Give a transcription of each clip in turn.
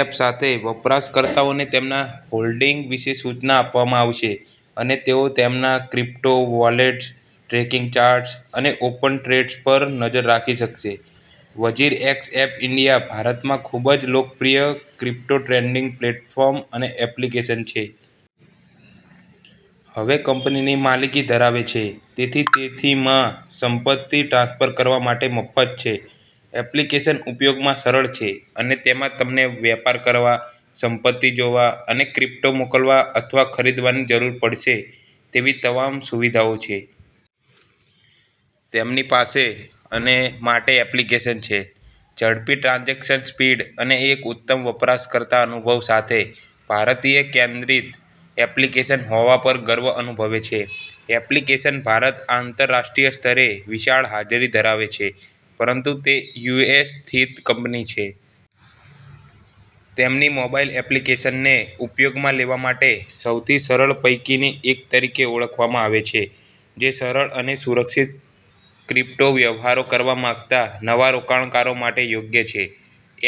App સાથે, વપરાશકર્તાઓને તેમના હોલ્ડિંગ વિશે સૂચના આપવામાં આવશે અને તેઓ તેમના ક્રિપ્ટો વોલેટ્સ, ટ્રેડિંગ ચાર્ટ્સ અને ઓપન ટ્રેડ્સ પર નજર રાખી શકશે. વઝીરએક્સ એપ ઇન્ડિયા ભારતમાં ખૂબ જ લોકપ્રિય ક્રિપ્ટો ટ્રેડિંગ પ્લેટફોર્મ અને એપ્લિકેશન છે. હવે કંપનીની માલિકી ધરાવે છે, તેથી તે થી માં સંપત્તિ ટ્રાન્સફર કરવા માટે મફત છે. એપ્લિકેશન ઉપયોગમાં સરળ છે અને તેમાં તમને વેપાર કરવા, સંપત્તિ જોવા અને ક્રિપ્ટો મોકલવા અથવા ખરીદવાની જરૂર પડશે તેવી તમામ સુવિધાઓ છે. તેમની પાસે, અને માટે એપ્લિકેશન છે. ઝડપી ટ્રાન્ઝેક્શન સ્પીડ અને એક ઉત્તમ વપરાશકર્તા અનુભવ સાથે ભારતીય-કેન્દ્રિત એપ્લિકેશન હોવા પર ગર્વ અનુભવે છે. એપ્લિકેશન ભારત આંતરરાષ્ટ્રીય સ્તરે વિશાળ હાજરી ધરાવે છે, પરંતુ તે યુએસ સ્થિત કંપની છે. તેમની મોબાઇલ એપ્લિકેશનને ઉપયોગમાં લેવા માટે સૌથી સરળ પૈકીની એક તરીકે ઓળખવામાં આવે છે, જે સરળ અને સુરક્ષિત ક્રિપ્ટો વ્યવહારો કરવા માંગતા નવા રોકાણકારો માટે યોગ્ય છે.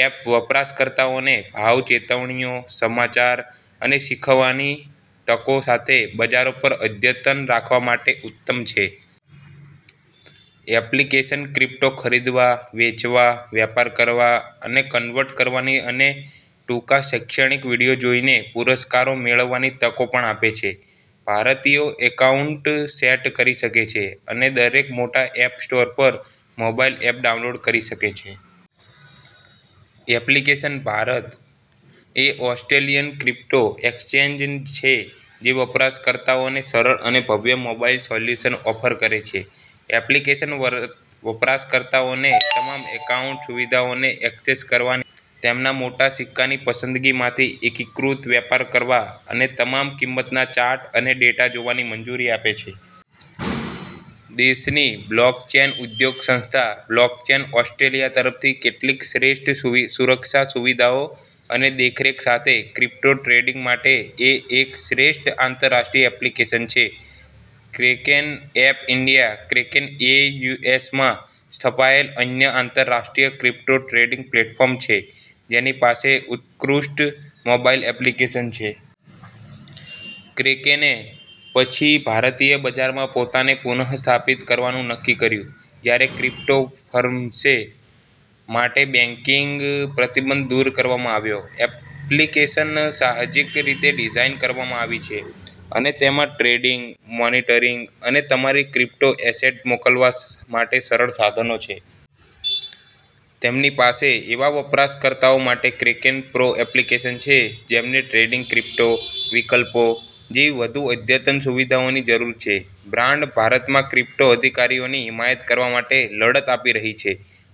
એપ વપરાશકર્તાઓને ભાવ ચેતવણીઓ, સમાચાર અને શીખવાની તકો સાથે બજારો પર અદ્યતન રાખવા માટે ઉત્તમ છે. એપ્લિકેશન ક્રિપ્ટો ખરીદવા, વેચવા, વેપાર કરવા અને કન્વર્ટ કરવાની અને ટૂંકા શૈક્ષણિક વીડિયો જોઈને પુરસ્કારો મેળવવાની તકો પણ આપે છે. ભારતીયો એકાઉન્ટ સેટ કરી શકે છે અને દરેક મોટા એપ સ્ટોર પર મોબાઇલ એપ ડાઉનલોડ કરી શકે છે. એપ્લિકેશન ભારત એ ઓસ્ટ્રેલિયન ક્રિપ્ટો એક્સચેન્જ છે જે વપરાશકર્તાઓને સરળ અને ભવ્ય મોબાઇલ સોલ્યુશન ઓફર કરે છે. એપ્લિકેશન વપરાશકર્તાઓને તમામ એકાઉન્ટ સુવિધાઓને ઍક્સેસ કરવાની, તેમના મોટા સિક્કાની પસંદગીમાંથી એકીકૃત વેપાર કરવા અને તમામ કિંમતના ચાર્ટ અને ડેટા જોવાની મંજૂરી આપે છે. દેશની બ્લોકચેન ઉદ્યોગ સંસ્થા બ્લોકચેન ઓસ્ટ્રેલિયા તરફથી કેટલીક શ્રેષ્ઠ સુરક્ષા સુવિધાઓ અને દેખરેખ સાથે ક્રિપ્ટો ટ્રેડિંગ માટે એ એક શ્રેષ્ઠ આંતરરાષ્ટ્રીય એપ્લિકેશન છે. ક્રેકેન એપ ઈન્ડિયા ક્રેકેન એ યુ. એસ. માં સ્થપાયેલ અન્ય આંતરરાષ્ટ્રીય ક્રિપ્ટો ટ્રેડિંગ પ્લેટફોર્મ છે જેની પાસે ઉત્કૃષ્ટ મોબાઇલ એપ્લિકેશન છે. ક્રેકેને પછી ભારતીય બજારમાં પોતાને પુનઃસ્થાપિત કરવાનું નક્કી કર્યું, જ્યારે ક્રિપ્ટો ફર્મ્સ માટે બેંકિંગ પ્રતિબંધ દૂર કરવામાં આવ્યો. એપ્લિકેશન સાહજિક રીતે ડિઝાઇન કરવામાં આવી છે અને તેમાં ટ્રેડિંગ, મોનિટરિંગ અને તમારી ક્રિપ્ટો એસેટ મોકલવા માટે સરળ સાધનો છે. તેમની પાસે એવા વપરાશકર્તાઓ માટે ક્રેકેન પ્રો એપ્લિકેશન છે જેમને ટ્રેડિંગ ક્રિપ્ટો વિકલ્પો જેવી વધુ અદ્યતન સુવિધાઓની જરૂર છે. બ્રાન્ડ ભારતમાં ક્રિપ્ટો અધિકારોની હિમાયત કરવા માટે લડત આપી રહી છે,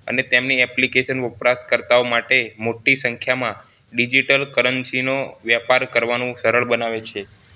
અને તેમની એપ્લિકેશન વપરાશકર્તાઓ માટે મોટી સંખ્યામાં ડિજિટલ કરન્સીનો વેપાર કરવાનું સરળ બનાવે છે.